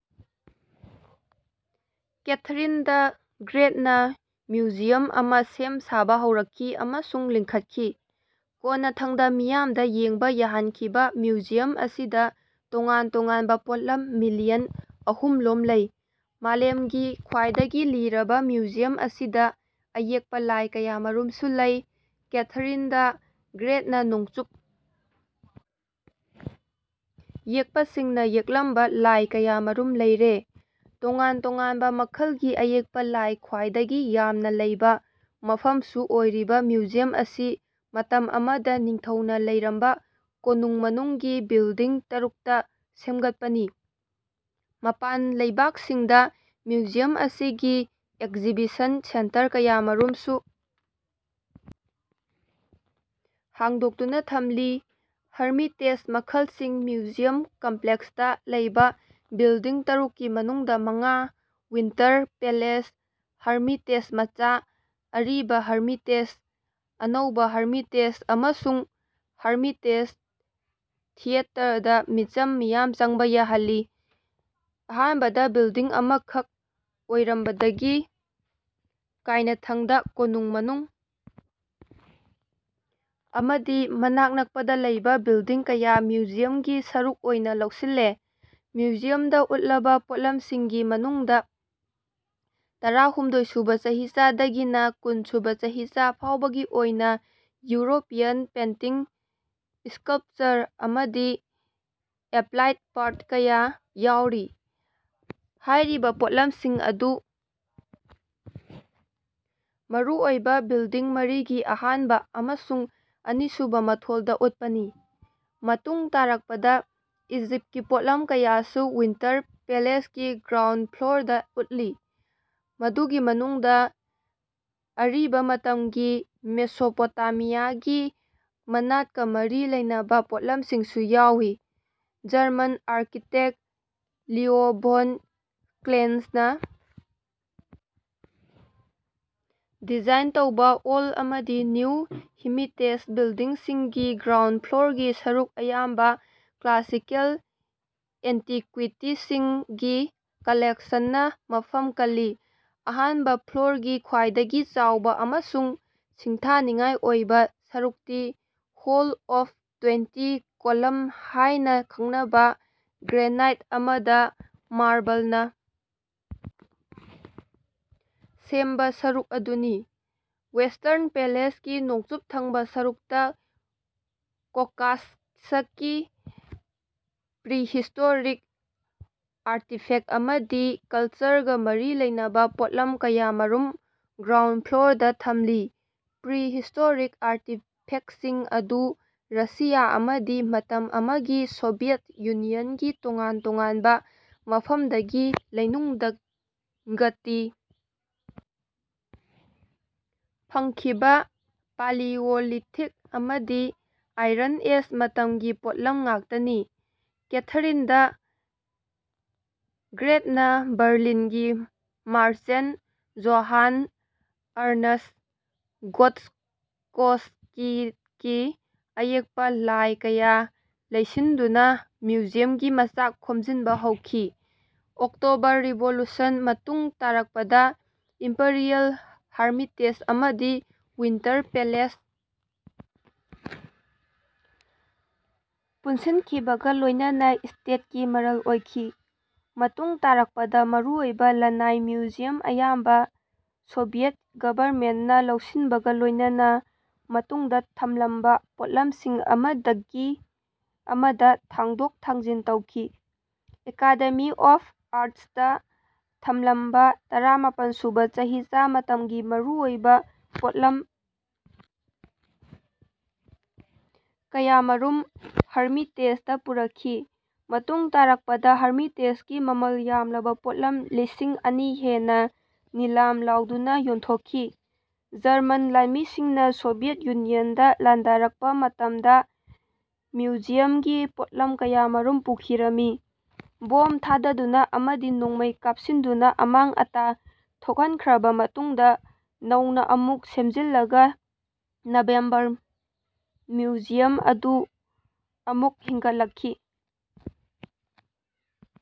Catherine the ꯒ꯭ꯔꯦꯠꯅ ꯃ꯭ꯌꯨꯖꯤꯌꯝ ꯑꯃꯥ ꯁꯦꯝ-ꯁꯥꯕ ꯍꯧꯔꯛꯈꯤ ꯑꯃꯁꯨꯡ ꯂꯤꯡꯈꯠꯈꯤ꯫ꯀꯣꯟꯅꯊꯪꯗ ꯃꯤꯌꯥꯝꯗ ꯌꯦꯡꯕ ꯌꯥꯍꯟꯈꯤꯕ ꯃ꯭ꯌꯨꯖꯤꯌꯝ ꯑꯁꯤꯗ ꯇꯣꯉꯥꯟ ꯇꯣꯉꯥꯟꯕ ꯄꯣꯠꯂꯝ ꯃꯤꯂꯤꯌꯟ ꯑꯍꯨꯝꯂꯣꯝ ꯂꯩ꯫ ꯃꯥꯂꯦꯝꯒꯤ ꯈ꯭ꯋꯥꯏꯗꯒꯤ ꯂꯤꯔꯕ ꯃ꯭ꯌꯨꯖꯤꯌꯝ ꯑꯁꯤꯗ ꯑꯌꯦꯛꯄ ꯂꯥꯏ ꯀꯌꯥꯃꯔꯨꯝꯁꯨ ꯂꯩ꯫ ꯀꯦꯊꯔꯤꯟ ꯗ ꯒ꯭ꯔꯦꯠꯅ ꯅꯣꯡꯆꯨꯞ ꯌꯦꯛꯄꯁꯤꯡꯅ ꯌꯦꯛꯂꯝꯕ ꯂꯥꯏ ꯀꯌꯥꯃꯔꯨꯝ ꯂꯩꯔꯦ꯫ ꯇꯣꯉꯥꯟ ꯇꯣꯉꯥꯟꯕ ꯃꯈꯜꯒꯤ ꯑꯌꯦꯛꯄ ꯂꯥꯏ ꯈ꯭ꯋꯥꯏꯗꯒꯤ ꯌꯥꯝꯅ ꯂꯩꯕ ꯃꯐꯝꯁꯨ ꯑꯣꯏꯔꯤꯕ ꯃ꯭ꯌꯨꯖꯤꯌꯝ ꯑꯁꯤ ꯃꯇꯝ ꯑꯃꯗ ꯅꯤꯡꯊꯧꯅ ꯂꯩꯔꯝꯕ ꯀꯣꯅꯨꯡ ꯃꯅꯨꯡꯒꯤ ꯕꯤꯜꯗꯤꯡ ꯇꯔꯨꯛꯇ ꯁꯦꯝꯒꯠꯄꯅꯤ꯫ ꯃꯄꯥꯟ ꯂꯩꯕꯥꯛꯁꯤꯡꯗ ꯃ꯭ꯌꯨꯖꯤꯌꯝ ꯑꯁꯤꯒꯤ ꯑꯦꯛꯖꯤꯕꯤꯁꯟ ꯁꯦꯟꯇꯔ ꯀꯌꯥꯃꯔꯨꯝꯁꯨ ꯍꯥꯡꯗꯣꯛꯇꯨꯅ ꯊꯝꯂꯤ꯫ ꯍꯔꯃꯤꯇꯦꯖ ꯃꯈꯜꯁꯤꯡ ꯃ꯭ꯌꯨꯖꯤꯌꯝ ꯀꯝꯄ꯭ꯂꯦꯛꯁꯇ ꯂꯩꯕ ꯕꯤꯜꯗꯤꯡ ꯇꯔꯨꯛꯀꯤ ꯃꯅꯨꯡꯗ ꯃꯉꯥ ꯋꯤꯟꯇꯔ ꯄꯦꯂꯦꯁ, ꯍꯔꯃꯤꯇꯦꯖ ꯃꯆꯥ, ꯑꯔꯤꯕ ꯍꯔꯃꯤꯇꯦꯖ, ꯑꯅꯧꯕ ꯍꯥꯔꯃꯤꯇꯦꯖ ꯑꯃꯁꯨꯡ ꯍꯔꯃꯤꯇꯦꯖ ꯊꯤꯑꯦꯇꯔꯗ ꯃꯤꯆꯝ ꯃꯤꯌꯥꯝ ꯆꯪꯕ ꯌꯥꯍꯜꯂꯤ꯫ ꯑꯍꯥꯟꯕꯗ ꯕꯤꯜꯗꯤꯡ ꯑꯃꯈꯛ ꯑꯣꯏꯔꯝꯕꯗꯒꯤ ꯀꯥꯏꯅꯊꯪꯗ ꯀꯣꯅꯨꯡ ꯃꯅꯨꯡ ꯑꯃꯗꯤ ꯃꯅꯥꯛ ꯅꯛꯄꯗ ꯂꯩꯕ ꯕꯤꯜꯗꯤꯡ ꯀꯌꯥ ꯃ꯭ꯌꯨꯖꯤꯌꯝꯒꯤ ꯁꯔꯨꯛ ꯑꯣꯏꯅ ꯂꯧꯁꯤꯜꯂꯦ꯫ ꯃ꯭ꯌꯨꯖꯤꯌꯝꯗ ꯎꯠꯂꯕ ꯄꯣꯠꯂꯝꯁꯤꯡꯒꯤ ꯃꯅꯨꯡꯗ ꯇꯔꯥꯍꯨꯝꯗꯣꯏ ꯁꯨꯕ ꯆꯍꯤꯆꯥꯗꯒꯤꯅ ꯀꯨꯟ ꯁꯨꯕ ꯆꯍꯤꯆꯥ ꯐꯥꯎꯕꯒꯤ ꯑꯣꯏꯅ ꯌꯨꯔꯣꯄꯤꯌꯥꯟ ꯄꯦꯟꯇꯤꯡ ꯁ꯭ꯀꯜꯄꯆꯔ ꯑꯃꯗꯤ ꯑꯦꯄ꯭ꯂꯥꯏꯗ ꯄꯥꯔꯠ ꯀꯌꯥ ꯌꯥꯎꯔꯤ꯫ ꯍꯥꯏꯔꯤꯕ ꯄꯣꯠꯂꯝꯁꯤꯡ ꯑꯗꯨ ꯃꯔꯨꯑꯣꯏꯕ ꯕꯤꯜꯗꯤꯡ ꯃꯔꯤꯒꯤ ꯑꯍꯥꯟꯕ ꯑꯃꯁꯨꯡ ꯑꯅꯤꯁꯨꯕ ꯃꯊꯣꯜꯗ ꯎꯠꯄꯅꯤ꯫ ꯃꯇꯨꯡ ꯇꯥꯔꯛꯄꯗ ꯏꯖꯤꯞꯀꯤ ꯄꯣꯠꯂꯝ ꯀꯌꯥꯁꯨ ꯋꯤꯟꯇꯔ ꯄꯦꯂꯦꯁꯀꯤ ꯒ꯭ꯔꯥꯎꯟ ꯐ꯭ꯂꯣꯔꯗ ꯎꯠꯂꯤ꯫ ꯃꯗꯨꯒꯤ ꯃꯅꯨꯡꯗ ꯑꯤꯔꯕ ꯃꯇꯝꯒꯤ ꯃꯦꯁꯣꯄꯣꯇꯥꯃꯤꯌꯥꯒꯤ ꯃꯅꯥꯠꯀ ꯃꯔꯤ ꯂꯩꯅꯕ ꯄꯣꯠꯂꯝꯁꯤꯡꯁꯨ ꯌꯥꯎꯏ꯫ German architect Leo von Klenze design ꯇꯧꯕ ꯑꯣꯜ ꯑꯃꯗꯤ ꯅ꯭ꯌꯨ ꯍꯃꯤꯇꯦꯖ ꯕꯤꯜꯗꯤꯡꯁꯤꯡꯒꯤ ꯒ꯭ꯔꯥꯎꯟ ꯐ꯭ꯂꯣꯔꯒꯤ ꯁꯔꯨꯛ ꯑꯌꯥꯝꯕ ꯀ꯭ꯂꯥꯁꯤꯀꯦꯜ ꯑꯦꯟꯇꯤꯀ꯭ꯋꯤꯇꯤꯁꯤꯡꯒꯤ ꯀꯂꯦꯛꯁꯟꯅ ꯃꯐꯝ ꯀꯜꯂꯤ꯫ ꯑꯍꯥꯟꯕ ꯐ꯭ꯂꯣꯔꯒꯤ ꯈ꯭ꯋꯥꯏꯗꯒꯤ ꯆꯥꯎꯕ ꯑꯃꯁꯨꯡ ꯁꯤꯡꯊꯥꯅꯤꯡꯉꯥꯏ ꯑꯣꯏꯕ ꯁꯔꯨꯛꯇꯤ ꯍꯣꯜ ꯑꯣꯞ ꯇ꯭ꯋꯦꯟꯇꯤ ꯀꯣꯂꯝ ꯍꯥꯏꯅ ꯈꯪꯅꯕ ꯒ꯭ꯔꯦꯅꯥꯏꯠ ꯑꯃꯗ ꯃꯥꯔꯕꯜꯅ ꯁꯦꯝꯕ ꯁꯔꯨꯛ ꯑꯗꯨꯅꯤ꯫ ꯋꯦꯁꯇ꯭ꯔꯟ ꯄꯦꯂꯦꯁꯀꯤ ꯅꯣꯡꯆꯨꯞ ꯊꯪꯕ ꯁꯔꯨꯛꯇ ꯀꯣꯀꯥꯁꯁꯀꯤ ꯄ꯭ꯔꯤꯍꯤꯁꯇꯣꯔꯤꯛ ꯑꯥꯔꯇꯤꯐꯦꯛ ꯑꯃꯗꯤ ꯀꯜꯆꯔꯒ ꯃꯔꯤ ꯂꯩꯅꯕ ꯄꯣꯠꯂꯝ ꯀꯌꯥꯃꯔꯨꯝ ꯒ꯭ꯔꯥꯎꯟ ꯐ꯭ꯂꯣꯔꯗ ꯊꯝꯂꯤ꯫ ꯄ꯭ꯔꯤꯍꯤꯁꯇꯣꯔꯤꯛ ꯑꯥꯔꯇꯤꯐꯦꯛꯁꯤꯡ ꯑꯗꯨ ꯔꯁꯤꯌꯥ ꯑꯃꯗꯤ ꯃꯇꯝ ꯑꯃꯒꯤ ꯁꯣꯚꯤꯑꯦꯠ ꯌꯨꯅꯤꯌꯟꯒꯤ ꯇꯣꯉꯥꯟ ꯇꯣꯉꯥꯟꯕ ꯃꯐꯝꯗꯒꯤ ꯂꯩꯅꯨꯡꯗꯒꯇꯤ ꯐꯪꯈꯤꯕ ꯄꯥꯂꯤꯑꯣꯂꯤꯊꯤꯛ ꯑꯃꯗꯤ ꯑꯥꯏꯔꯟ ꯑꯦꯖ ꯃꯇꯝꯒꯤ ꯄꯣꯠꯂꯝ ꯉꯥꯛꯇꯅꯤ꯫ ꯀꯦꯊꯔꯤꯟ ꯗ ꯒ꯭ꯔꯦꯠꯅ ꯕꯔꯂꯤꯟꯒꯤ ꯃꯥꯔꯆꯦꯟꯠ ꯖꯣꯍꯥꯟ ꯑꯔꯅꯁ ꯒꯣꯠꯁꯀꯣꯁꯀꯤꯗꯒꯤ ꯑꯌꯦꯛꯄ ꯂꯥꯏ ꯀꯌꯥ ꯂꯩꯁꯤꯟꯗꯨꯅ ꯃ꯭ꯌꯨꯖꯤꯌꯝꯒꯤ ꯃꯆꯥꯛ ꯈꯣꯝꯖꯤꯟꯕ ꯍꯧꯈꯤ꯫ ꯑꯣꯛꯇꯣꯕꯔ ꯔꯤꯚꯣꯂꯨꯁꯟ ꯃꯇꯨꯡ ꯇꯥꯔꯛꯄꯗ ꯏꯝꯄꯔꯤꯑꯦꯜ ꯍꯥꯔꯃꯤꯇꯦꯖ ꯑꯃꯗꯤ ꯋꯤꯟꯇꯔ ꯄꯦꯂꯦꯁ ꯄꯨꯟꯁꯤꯟꯈꯤꯕꯒ ꯂꯣꯏꯅꯅ ꯁ꯭ꯇꯦꯠꯀꯤ ꯃꯔꯜ ꯑꯣꯏꯈꯤ꯫ ꯃꯇꯨꯡ ꯇꯥꯔꯛꯄꯗ ꯃꯔꯨꯑꯣꯏꯕ ꯂꯟꯅꯥꯏ ꯃ꯭ꯌꯨꯖꯤꯌꯝ ꯑꯌꯥꯝꯕ ꯁꯣꯚꯤꯑꯦꯠ ꯒꯚꯔꯃꯦꯟꯠꯅ ꯂꯧꯁꯤꯟꯕꯒ ꯂꯣꯏꯅꯅ ꯃꯇꯨꯡꯗ ꯊꯝꯂꯝꯕ ꯄꯣꯠꯂꯝꯁꯤꯡ ꯑꯃꯗꯒꯤ ꯑꯃꯗ ꯊꯥꯡꯗꯣꯛ ꯊꯥꯡꯖꯤꯟ ꯇꯧꯈꯤ꯫ ꯑꯦꯀꯥꯗꯦꯃꯤ ꯑꯣꯐ ꯑꯥꯔꯠꯁꯇ ꯊꯝꯂꯝꯕ ꯇꯔꯥꯃꯥꯄꯟ ꯁꯨꯕ ꯆꯍꯤꯆꯥ ꯃꯇꯝꯒꯤ ꯃꯔꯨꯑꯣꯏꯕ ꯄꯣꯠꯂꯝ ꯀꯌꯥꯃꯔꯨꯝ ꯍꯔꯃꯤꯇꯦꯖꯗ ꯄꯨꯔꯛꯈꯤ꯫ ꯃꯇꯨꯡ ꯇꯥꯔꯛꯄꯗ ꯍꯔꯃꯤꯇꯦꯖꯒꯤ ꯃꯃꯜ ꯌꯥꯝꯂꯕ ꯄꯣꯠꯂꯝ ꯂꯤꯁꯤꯡ ꯑꯅꯤ ꯍꯦꯟꯅ ꯅꯤꯂꯥꯝ ꯂꯥꯎꯗꯨꯅ ꯌꯣꯟꯊꯣꯛꯈꯤ꯫ ꯖꯔꯃꯟ ꯂꯥꯟꯃꯤꯁꯤꯡꯅ ꯁꯣꯚꯤꯑꯦꯠ ꯌꯨꯅꯤꯌꯟꯗ ꯂꯥꯟꯗꯥꯔꯛꯄ ꯃꯇꯝꯗ ꯃ꯭ꯌꯨꯖꯤꯌꯝꯒꯤ ꯄꯣꯠꯂꯝ ꯀꯌꯥꯃꯔꯨꯝ ꯄꯨꯈꯤꯔꯝꯃꯤ꯫ ꯕꯣꯝ ꯊꯥꯗꯗꯨꯅ ꯑꯃꯗꯤ ꯅꯣꯡꯃꯩ ꯀꯥꯞꯁꯤꯟꯗꯨꯅ ꯑꯃꯥꯡ ꯑꯇꯥ ꯊꯣꯛꯍꯟꯈ꯭ꯔꯕ ꯃꯇꯨꯡꯗ ꯅꯧꯅ ꯑꯃꯨꯛ ꯁꯦꯝꯖꯤꯜꯂꯒ ꯅꯕꯦꯝꯕꯔ ꯃ꯭ꯌꯨꯖꯤꯌꯝ ꯑꯗꯨ ꯑꯃꯨꯛ ꯍꯤꯡꯒꯠꯂꯛꯈꯤ꯫